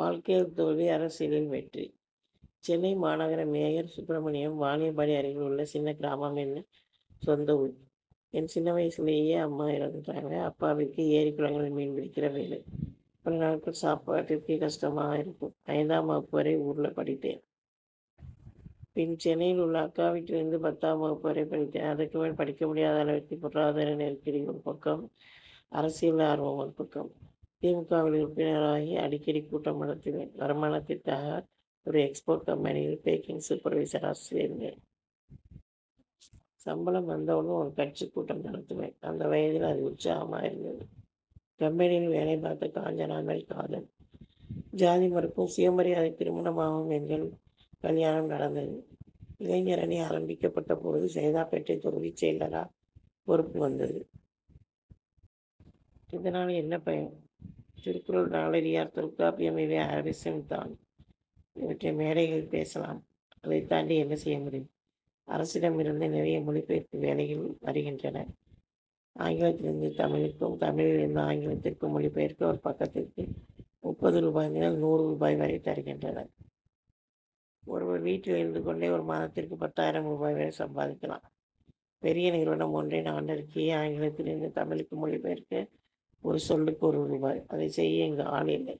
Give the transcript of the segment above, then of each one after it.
வாழ்க்கையில் தோல்வி அரசியலில் வெற்றி! சென்னை மாநகர மேயர் சுப்ரமணியன் வாணியம்பாடி அருகில் ஒரு சின்னக் கிராமம் என் சொந்த ஊர். என் சின்ன வயசுலேயே அம்மா இறந்துட்டாங்க. அப்பாவிற்கு ஏரி குளங்களில் மீன் பிடிக்கிற வேலை. பல நாட்கள் சாப்பாட்டிற்கே கஷ்டமா இருக்கும். ஐந்தாம் வகுப்பு வரை ஊர்ல படித்தேன். பின் சென்னையில் உள்ள அக்கா வீட்டில் இருந்து பத்தாம் வகுப்பு வரை படித்தேன். அதற்கு மேல் படிக்க முடியாத அளவிற்கு பொருளாதார நெருக்கடி ஒரு பக்கம் அரசியல் ஆர்வம் ஒரு பக்கம். தி. மு. க.வில் உறுப்பினராகி அடிக்கடி கூட்டம் நடத்துவேன். வருமானத்திற்காக ஒரு எக்ஸ்போர்ட் கம்பெனியில் பேக்கிங் சூப்பர்வைசரா சேர்ந்தேன். சம்பளம் வந்த உடன் ஒரு கட்சிக் கூட்டம் நடத்துவேன். அந்த வயதில் அது உற்சாகமா இருந்தது. கம்பெனியில் வேலை பார்த்த காஞ்சனா மேல் காதல். ஜாதி மறுப்பும் சுய மரியாதை திருமணமாகவும் எங்க கல்யாணம் நடந்தது. இளைஞர் அணி ஆரம்பிக்கப்பட்டபோது சைதாப்பேட்டை தொகுதிச் செயலரா பொறுப்பு வந்தது. இதனால் என்ன பயன்? திருக்குறள் நாலடியார் தொல்காப்பியம் இவை அவசியம் தான். இவற்றை மேடைகளில் பேசலாம் அதைத் தாண்டி என்ன செய்ய முடியும். அரசிடம் இருந்து நிறைய மொழி பெயர்ப்பு வேலைகள் வருகின்றன. ஆங்கிலத்தில் இருந்து தமிழுக்கும் தமிழில் இருந்து ஆங்கிலத்திற்கும் மொழிபெயர்க்க ஒரு பக்கத்திற்கு முப்பது ரூபாய் முதல் நூறு ரூபாய் வரை தருகின்றனர். ஒருவர் வீட்டில் இருந்து கொண்டே ஒரு மாதத்திற்கு பத்தாயிரம் ரூபாய் வரை சம்பாதிக்கலாம். பெரிய நிறுவனம் ஒன்றின் ஆண்டறிக்கையை ஆங்கிலத்தில் இருந்து தமிழுக்கு மொழி பெயர்க்க ஒரு சொல்லுக்கு ஒரு ரூபாய். அதை செய்ய இங்கு ஆள் இல்லை.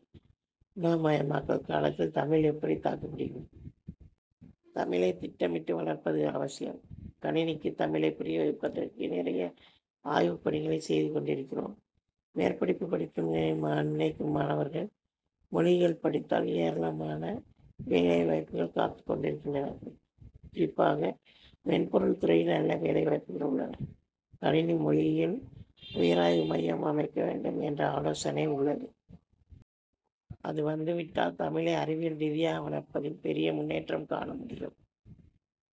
உலகமயமாக்கல் காலத்தில் தமிழ் எப்படி தாக்குப் பிடிக்கும்? தமிழை திட்டமிட்டு வளர்ப்பது அவசியம். கணினிக்கு தமிழைப் புரிய வைப்பதற்கு நிறைய ஆய்வுப் பணிகளைச் செய்து கொண்டிருக்கிறோம். மேற்படிப்பு படிக்க நினைக்கும் மாணவர்கள் மொழியியல் படித்தால் ஏராளமான வேலைவாய்ப்புகள் காத்துக் கொண்டிருக்கின்றன. குறிப்பாக மென்பொருள் துறையில் நல்ல வேலைவாய்ப்புகள் உள்ளன. கணினி மொழியியல் உயராய்வு மையம் அமைக்க வேண்டும் என்ற ஆலோசனை உள் ளது. அது வந்துவிட்டால் தமிழை அறிவியல் ரீதியாக வளர்ப்பதில் பெரிய முன்னேற்றம் காண முடியும்.